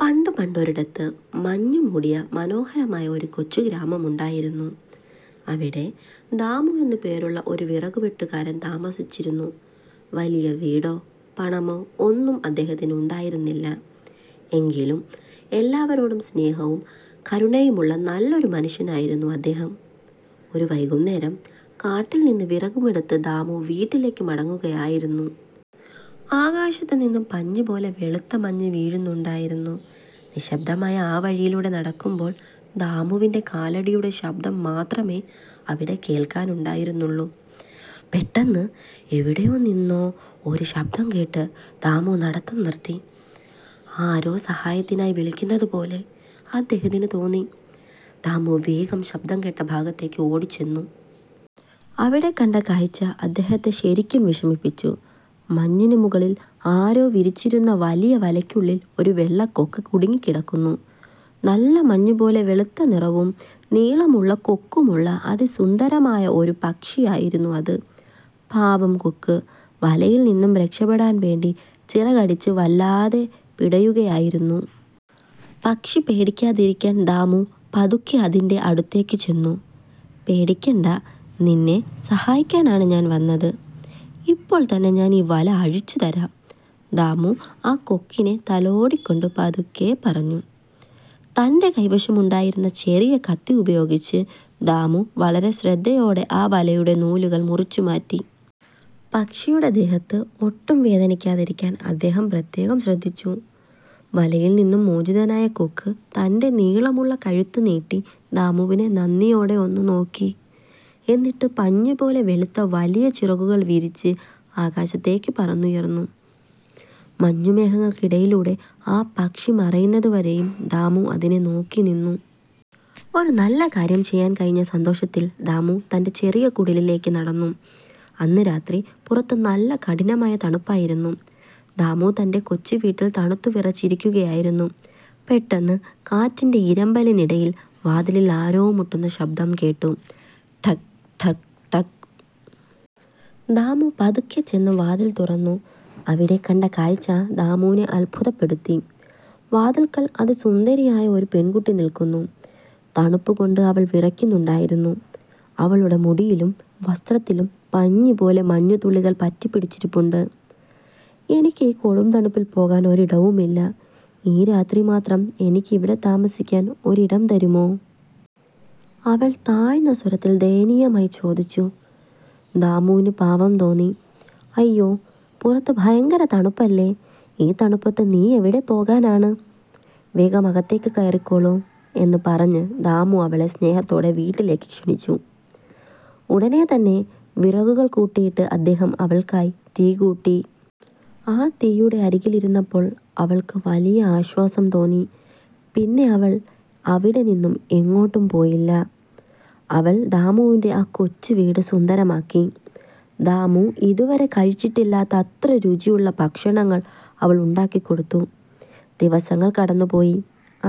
പണ്ട് പണ്ടൊരിടത്ത്, മഞ്ഞുമൂടിയ മനോഹരമായ ഒരു കൊച്ചു ഗ്രാമമുണ്ടായിരുന്നു. അവിടെ ദാമു എന്ന് പേരുള്ള ഒരു വിറകുവെട്ടുകാരൻ താമസിച്ചിരുന്നു. വലിയ വീടോ പണമോ ഒന്നും അദ്ദേഹത്തിന് ഉണ്ടായിരുന്നില്ല. എങ്കിലും, എല്ലാവരോടും സ്നേഹവും കരുണയുമുള്ള നല്ലൊരു മനുഷ്യനായിരുന്നു അദ്ദേഹം. ഒരു വൈകുന്നേരം, കാട്ടിൽ നിന്ന് വിറകുമെടുത്ത് ദാമു വീട്ടിലേക്ക് മടങ്ങുകയായിരുന്നു. ആകാശത്തുനിന്ന് പഞ്ഞിപോലെ വെളുത്ത മഞ്ഞ് വീഴുന്നുണ്ടായിരുന്നു. നിശബ്ദമായ ആ വഴിയിലൂടെ നടക്കുമ്പോൾ ദാമുവിന്റെ കാലടികളുടെ ശബ്ദം മാത്രമേ അവിടെ കേൾക്കാനുണ്ടായിരുന്നുള്ളൂ. പെട്ടെന്ന്, എവിടെ നിന്നോ ഒരു ശബ്ദം കേട്ട് ദാമു നടത്തം നിർത്തി. ആരോ സഹായത്തിനായി വിളിക്കുന്നത് പോലെ അദ്ദേഹത്തിന് തോന്നി. ദാമു വേഗം ശബ്ദം കേട്ട ഭാഗത്തേക്ക് ഓടിച്ചെന്നു. അവിടെ കണ്ട കാഴ്ച അദ്ദേഹത്തെ ശരിക്കും വിഷമിപ്പിച്ചു. മഞ്ഞിന് മുകളിൽ ആരോ വിരിച്ചിരുന്ന വലിയ വലയ്ക്കുള്ളിൽ ഒരു വെള്ളക്കൊക്ക് കുടുങ്ങിക്കിടക്കുന്നു! നല്ല മഞ്ഞുപോലെ വെളുത്ത നിറവും നീളമുള്ള കൊക്കുമുള്ള അതിസുന്ദരമായ ഒരു പക്ഷിയായിരുന്നു അത്. പാവം കൊക്ക് വലയിൽ നിന്നും രക്ഷപെടാൻ വേണ്ടി ചിറകടിച്ച് വല്ലാതെ പിടയുകയായിരുന്നു. പക്ഷി പേടിക്കാതിരിക്കാൻ ദാമു പതുക്കെ അതിന്റെ അടുത്തേക്ക് ചെന്നു. "പേടിക്കണ്ട, നിന്നെ സഹായിക്കാനാണ് ഞാൻ വന്നത്. ഇപ്പോൾ തന്നെ ഞാൻ ഈ വല അഴിച്ചു തരാം. " ദാമു ആ കൊക്കിനെ തലോടിക്കൊണ്ട് പതുക്കെ പറഞ്ഞു. തന്റെ കൈവശമുണ്ടായിരുന്ന ചെറിയ കത്തി ഉപയോഗിച്ച് ദാമു വളരെ ശ്രദ്ധയോടെ ആ വലയുടെ നൂലുകൾ മുറിച്ചുമാറ്റി. പക്ഷിയുടെ ദേഹത്ത് ഒട്ടും വേദനിക്കാതിരിക്കാൻ അദ്ദേഹം പ്രത്യേകം ശ്രദ്ധിച്ചു. വലയിൽ നിന്നും മോചിതനായ കൊക്ക് തന്റെ നീളമുള്ള കഴുത്ത് നീട്ടി ദാമുവിനെ നന്ദിയോടെ ഒന്ന് നോക്കി. എന്നിട്ട് പഞ്ഞിപോലെ വെളുത്ത വലിയ ചിറകുകൾ വിരിച്ച് ആകാശത്തേക്ക് പറന്നുയർന്നു. മഞ്ഞുമേഘങ്ങൾക്കിടയിലൂടെ ആ പക്ഷി മറയുന്നത് വരെയും ദാമു അതിനെ നോക്കിനിന്നു. ഒരു നല്ല കാര്യം ചെയ്യാൻ കഴിഞ്ഞ സന്തോഷത്തിൽ ദാമു തന്റെ ചെറിയ കുടിലിലേക്ക് നടന്നു. അന്ന് രാത്രി! പുറത്ത് നല്ല കഠിനമായ തണുപ്പായിരുന്നു. ദാമു തന്റെ കൊച്ചുവീട്ടിൽ തണുത്തുവിറച്ച് ഇരിക്കുകയായിരുന്നു. പെട്ടെന്ന്, കാറ്റിന്റെ ഇരമ്പലിനിടയിൽ വാതിലിൽ ആരോ മുട്ടുന്ന ശബ്ദം കേട്ടു. 'ടക്… ടക്… ടക്! ' ദാമു പതുക്കെ ചെന്ന് വാതിൽ തുറന്നു. അവിടെ കണ്ട കാഴ്ച ദാമുവിനെ അത്ഭുതപ്പെടുത്തി! വാതിൽക്കൽ അതിസുന്ദരിയായ ഒരു പെൺകുട്ടി നിൽക്കുന്നു. തണുപ്പുകൊണ്ട് അവൾ വിറയ്ക്കുന്നുണ്ടായിരുന്നു. അവളുടെ മുടിയിലും വസ്ത്രത്തിലും പഞ്ഞിപോലെ മഞ്ഞുതുള്ളികൾ പറ്റിപ്പിടിച്ചിരിപ്പുണ്ട്. "എനിക്ക് ഈ കൊടുംതണുപ്പിൽ പോകാൻ ഒരിടവുമില്ല. ഈ രാത്രി മാത്രം എനിക്ക് ഇവിടെ താമസിക്കാൻ ഒരിടം തരുമോ? " അവൾ താഴ്ന്ന സ്വരത്തിൽ, ദയനീയമായി ചോദിച്ചു. ദാമുവിന് പാവം തോന്നി. "അയ്യോ, പുറത്ത് ഭയങ്കര തണുപ്പല്ലേ, ഈ തണുപ്പത്ത് നീ എവിടെ പോകാനാണ്? വേഗം അകത്തേക്ക് കയറിക്കോളൂ. " എന്ന് പറഞ്ഞ് ദാമു അവളെ സ്നേഹത്തോടെ വീട്ടിലേക്ക് ക്ഷണിച്ചു. ഉടനെ തന്നെ വിറകുകൾ കൂട്ടിയിട്ട് അദ്ദേഹം അവൾക്കായി തീ കൂട്ടി. ആ തീയുടെ അരികിലിരുന്നപ്പോൾ അവൾക്ക് വലിയ ആശ്വാസം തോന്നി. പിന്നെ അവൾ അവിടെ നിന്നും എങ്ങോട്ടും പോയില്ല. അവൾ ദാമുവിന്റെ ആ കൊച്ചു വീട് സുന്ദരമാക്കി. ദാമു ഇതുവരെ കഴിച്ചിട്ടില്ലാത്ത അത്ര രുചിയുള്ള ഭക്ഷണങ്ങൾ അവൾ ഉണ്ടാക്കിക്കൊടുത്തു. ദിവസങ്ങൾ കടന്നുപോയി.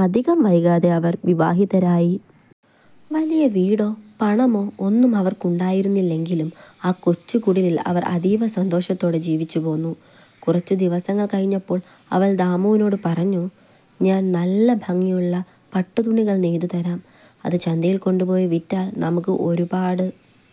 അധികം വൈകാതെ അവർ വിവാഹിതരായി. വലിയ വീടോ പണമോ ഒന്നും അവർക്കുണ്ടായിരുന്നില്ലെങ്കിലും, ആ കൊച്ചു കുടിലിൽ അവർ അതീവ സന്തോഷത്തോടെ ജീവിച്ചു പോന്നു. കുറച്ചു ദിവസങ്ങൾ കഴിഞ്ഞപ്പോൾ, അവൾ ദാമുവിനോട് പറഞ്ഞു: "ഞാൻ നല്ല ഭംഗിയുള്ള പട്ടുതുണികൾ നെയ്തു തരാം. അത് ചന്തയിൽ കൊണ്ടുപോയി വിറ്റാൽ നമുക്ക് ഒരുപാട്